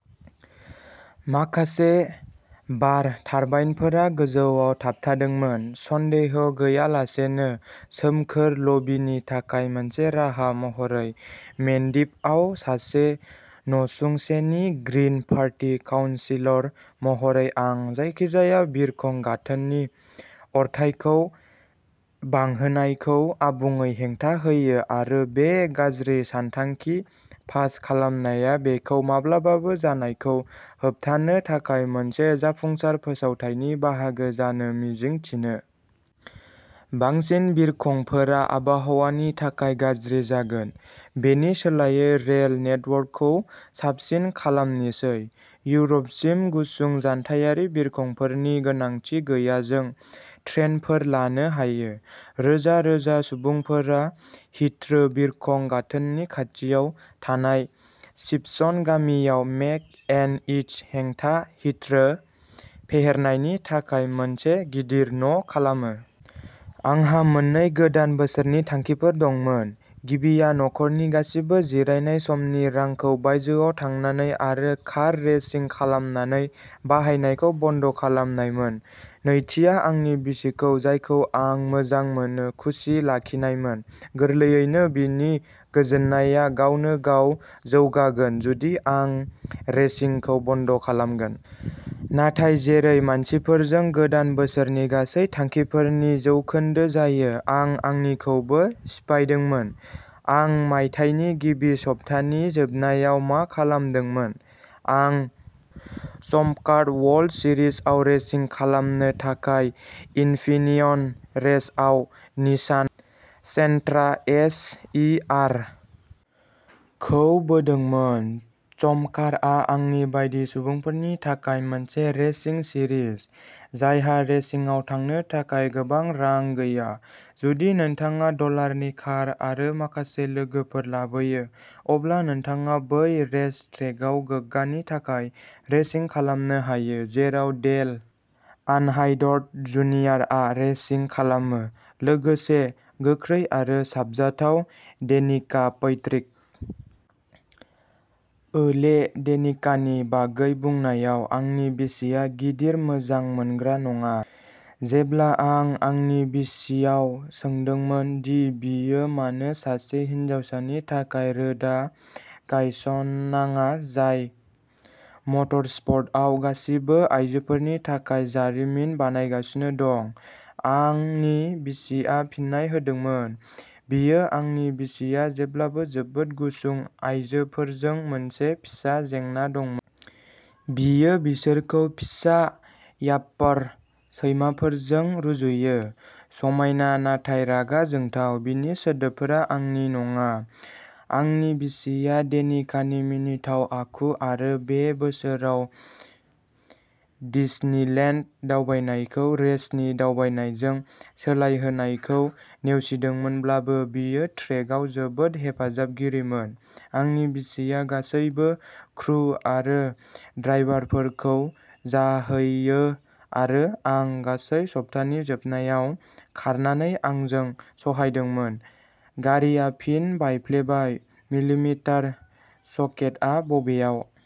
माखासे बार टारबाइनफोरा गोजौआव थाबथादोंमोन, सन्देह गैयालासेनो सोमखोर लबिनि थाखाय मोनसे राहा महरै। मेन्डिपआव सासे नसुंसेनि ग्रिन पार्टी काउनसिलर महरै आं जायखिजाया बिरखं गाथोननि अरथाइखौ बांहोनायखौ आबुङै हेंथा होयो आरो बे गाज्रि सानथांखि पास खालामनाया बेखौ माब्लाबाबो जानायखौ होबथानो थाखाय मोनसे जाफुंसार फोसावथायनि बाहागो जानो मिजिं थिनो। बांसिन बिरखंफोरा आबहावानि थाखाय गाज्रि जागोन। बेनि सोलायै रेल नेटवर्कखौ साबसिन खालामनिसै। इउर'पसिम गुसुं जानथायारि बिरखंफोरनि गोनांथि गैयाजों ट्रेनफोर लानो हायो! रोजा रोजा सुबुंफोरा हिथ्रो बिरखं गाथोननि खाथियाव थानाय सिपसन गामियाव "मेक ए न'इज" हेंथा हिथ्रो फेहेरनायनि थाखाय मोनसे गिदिर "न'" खालामो। आंहा मोननै गोदान बोसोरनि थांखिफोर दंमोन। गिबिया नखरनि गासिबो जिरायनाय समनि रांखौ बायजोआव थांनानै आरो कार रेसिं खालामनानै बाहायनायखौ बन्द'खालामनायमोन। नैथिआ आंनि बिसिखौ, जायखौ आं मोजां मोनो, खुसि लाखिनायमोन। गोरलैयैनो, बिनि गोजोननाया गावनो गाव जौगागोन जुदि आं रेसिंखौ बन्द'खालामगोन। नाथाय जेरै मानसिफोरजों गोदान बोसोरनि गासै थांखिफोरनि जौखोन्दो जायो, आं आंनिखौबो सिफायदोंमोन। आं मायथाइनि गिबि सप्तानि जोबनायाव मा खालामदोंमोन? आं चम्पकार वर्ल्ड सिरिजआव रेसिं खालामनो थाखाय इनफिनियन रेसआव Nissan Sentra S. E. -R. खौ बोदोंमोन। चम्पकारआ आंनि बायदि सुबुंफोरनि थाखाय मोनसे रेसिं सिरिज, जायहा रेसिंआव थांनो थाखाय गोबां रां गैया। जुदि नोंथाङा डलारनि कार आरो माखासे लोगोफोर लाबोयो, अब्ला नोंथाङा बै रेस ट्रेकआव गोग्गानि थाखाय रेसिं खालामनो हायो जेराव डेल आर्नहार्ड्ट, जुनियरआ रेसिं खालामो, लोगोसे गोख्रै आरो साबजाथाव डेनिका पैट्रिक। ओले डेनिकानि बागै बुंनायाव, आंनि बिसिआ गिदिर मोजां मोनग्रा नङा। जेब्ला आं आंनि बिसियाव सोंदोंमोन दि बियो मानो सासे हिनजावसानि थाखाय रोदा गायसनाङा जाय मटरस्प'र्टआव गासिबो आयजोफोरनि थाखाय जारिमिन बानायगासिनो दं, आंनि बिसिआ फिननाय होदोंमोन, "बियो "आंनि बिसिया जेब्लाबो जोबोद गुसुं आयजोफोरजों मोनसे फिसा जेंना दंमोन। बियो बिसोरखौ फिसा याप्पर सैमाफोरजों रुजुयो", समायना नाथाय रागा जोंथाव "-बिनि सोदोबफोरा आंनि नङा। आंनि बिसिया डेनिकानि मिनिथाव आखु आरो बे बोसोराव डिजनिलेन्ड दावबायनायखौ रेसनि दावबायनायजों सोलायहोनायखौ नेवसिदोंमोनब्लाबो, बियो ट्रेकआव जोबोद हेफाजाबगिरिमोन। आंनि बिसिया गासैबो क्रु आरो ड्राइभारफोरखौ जाहैयो आरो आं गासै सप्तानि जोबनायाव खारनानै आंजों सहायदोंमोन," गारिआ फिन बायफ्लेबाय, मिलिमिटार सकेटआ बबेयाव!